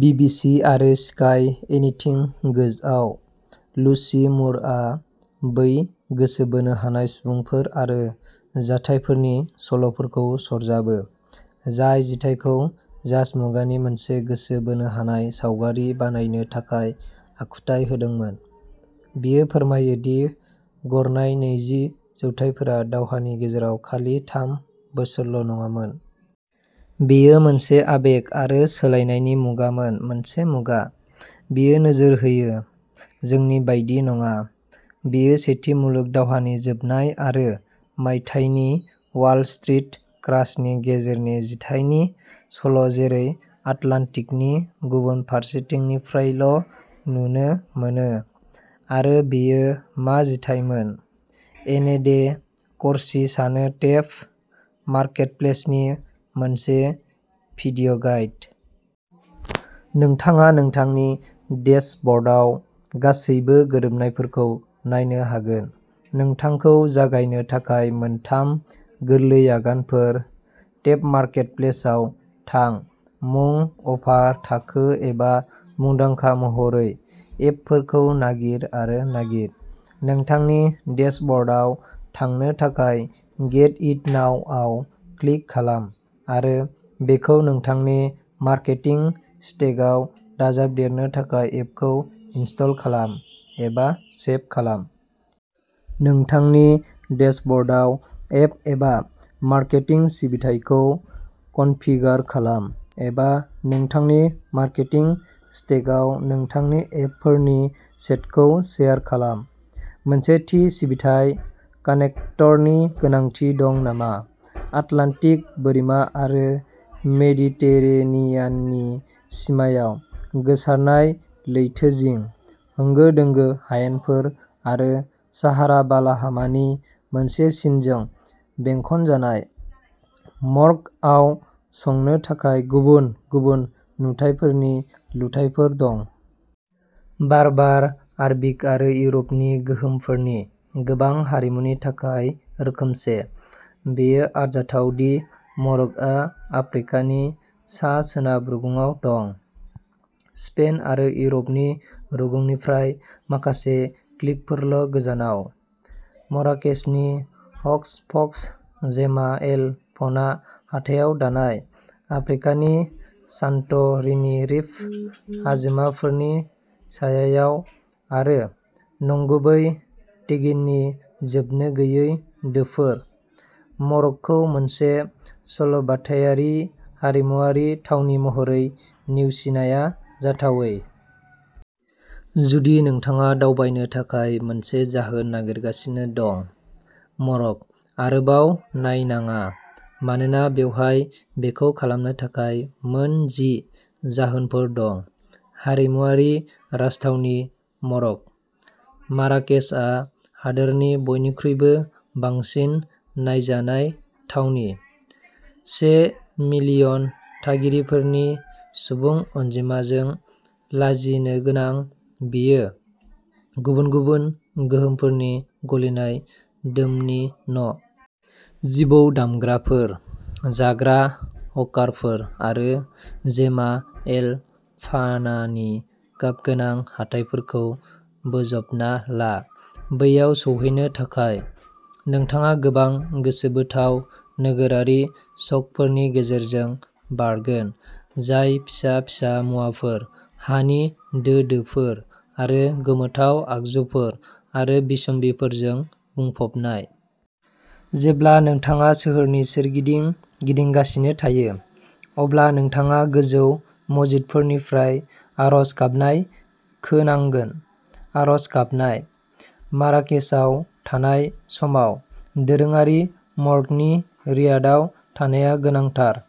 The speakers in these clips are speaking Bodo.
बीबीसी आरो स्काई एनिथिं गोजआव, लुसी मुरआ बै गोसो बोनो हानाय सुबुंफोर आरो जाथायफोरनि सल'फोरखौ सरजाबो, जाय जिथाइखौ जाज मुगानि मोनसे गोसो बोनो हानाय सावगारि बानायनो थाखाय आखुथाय होदोंमोन। बियो फोरमायो दि गरनाय नैजि जौथाइफोरा दावहानि गेजेराव खालि थाम बोसोरल'नङामोन। बेयो मोनसे आबेग आरो सोलायनायनि मुगामोन मोनसे मुगा, बियो नोजोर होयो, जोंनि बायदि नङा। बेयो सेथि मुलुग दावहानि जोबनाय आरो मायथाइनि वाल स्ट्रीट क्रासनि गेजेरनि जिथाइनि सल' जेरै आटलान्टिकनि गुबुन फारसेथिंनिफ्रायल' नुनो मोनो। आरो बेयो मा जिथाइमोन, एने डे करसि सानो टेप मार्केट प्लेसनि मोनसे भिडिअ गाइड। नोंथाङा नोंथांनि डेशब'र्डआव गासैबो गोरोबनायफोरखौ नायनो हागोन। नोंथांखौ जागायनो थाखाय मोनथाम गोरलै आगानफोर टेपमार्केटप्लेसाव थां मुं, अफार, थाखो एबा मुंदांखा महरै एपफोरखौ नागिर आरो नागिर। नोंथांनि डेशब'र्डआव थांनो थाखाय "गेट इट नाउ" आव क्लिक खालाम आरो बेखौ नोंथांनि मार्केटिं स्टेकआव दाजाबदेरनो थाखाय एपखौ इनस्टल खालाम, एबा सेब खालाम। नोंथांनि डेशब'र्डआव एप एबा मार्केटिं सिबिथाइखौ कनफिगार खालाम, एबा नोंथांनि मार्केटिं स्टेकआव नोंथांनि एपफोरनि सेटखौ सेयार खालाम। मोनसे थि सिबिथाइ कानेक्टरनि गोनांथि दं नामा आटलान्टिक बोरिमा आरो मेडिटेरेनियाननि सिमायाव, गोसारनाय लैथोजिं, होंगो दोंगो हायेनफोर आरो साहारा बालाहामानि मोनसे सिनजों बेंखनजानाय, मरक्कआव संनो थाखाय गुबुन गुबुन नुथायफोरनि लुथायफोर दं। बार्बार, आरबिक आरो इउर'पनि गोहोमफोरनि गोबां हारिमुनि थाखाय रोखोमसे, बेयो आरजाथाव दि मरक्कआ आफ्रिकानि सा सोनाब रुगुंआव दं, स्पेन आरो इउर'पनि रुगुंनिफ्राय माखासे क्लिकफोरल'गोजानाव। मराकेचनि ह'कस प'कस जेमा एल फना हाथायाव दानाय,'आफ्रिकानि सान्ट'रिनि'रिफ हाजोमाफोरनि सायायाव आरो नंगुबै टेगिननि जोबनोगैयै दोफोर, मरक्कखौ मोनसे सल'बाथायारि हारिमुआरि थावनि महरै नेवसिनाया जाथावै। जुदि नोंथाङा दावबायनो थाखाय मोनसे जाहोन नागिरगासिनो दं। मरक्क, आरोबाव नायनाङा मानोना बेवहाय बेखौ खालामनो थाखाय मोन जि जाहोनफोर दं! हारिमुआरि राजथावनि मरक्क, माराकेचआ हादोरनि बयनिख्रुइबो बांसिन नायजानाय थावनि। से मिलियन थागिरिफोरनि सुबुं अनजिमाजों लाजिनोगोनां, बेयो गुबुन गुबुन गोहोमफोरनि गलिनाय दोमनि न'। जिबौ दामग्राफोर, जाग्रा हकारफोर आरो जेमा एल फानानि गाबगोनां हाथायफोरखौ बोजबना ला। बैयाव सौहैनो थाखाय, नोंथाङा गोबां गोसोबोथाव नोगोरारि स'कफोरनि गेजेरजों बारगोन, जाय फिसा-फिसा मुवाफोर, हानि दो-दोफोर आरो गोमोथाव आगजुफोर आरो बिसम्बिफोरजों बुंफबनाय। जेब्ला नोंथाङा सोहोरनि सोरगिदिं गिदिंगासिनो थायो, अब्ला नोंथाङा गोजौ मस्जिदफोरनिफ्राय आरज गाबनाय खोनांगोन, आर'ज गाबनाय। माराकेचआव थानाय समाव दोरोङारि मरक्कनि रियादआव थानाया गोनांथार,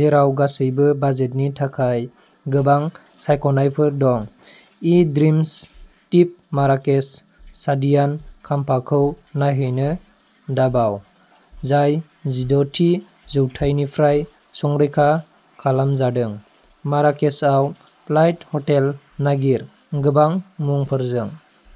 जेराव गासैबो बाजेटनि थाखाय गोबां सायख'नायफोर दं। इ-ड्रिमस टिप माराकेच सादियान खाम्फाखौ नायहैनो दाबाव, जाय जिद' थि जौथायनिफ्राय संरैखा खालामजादों माराकेचआव फ्लाइट हटेल नागिर गोबां मुंफोरजों।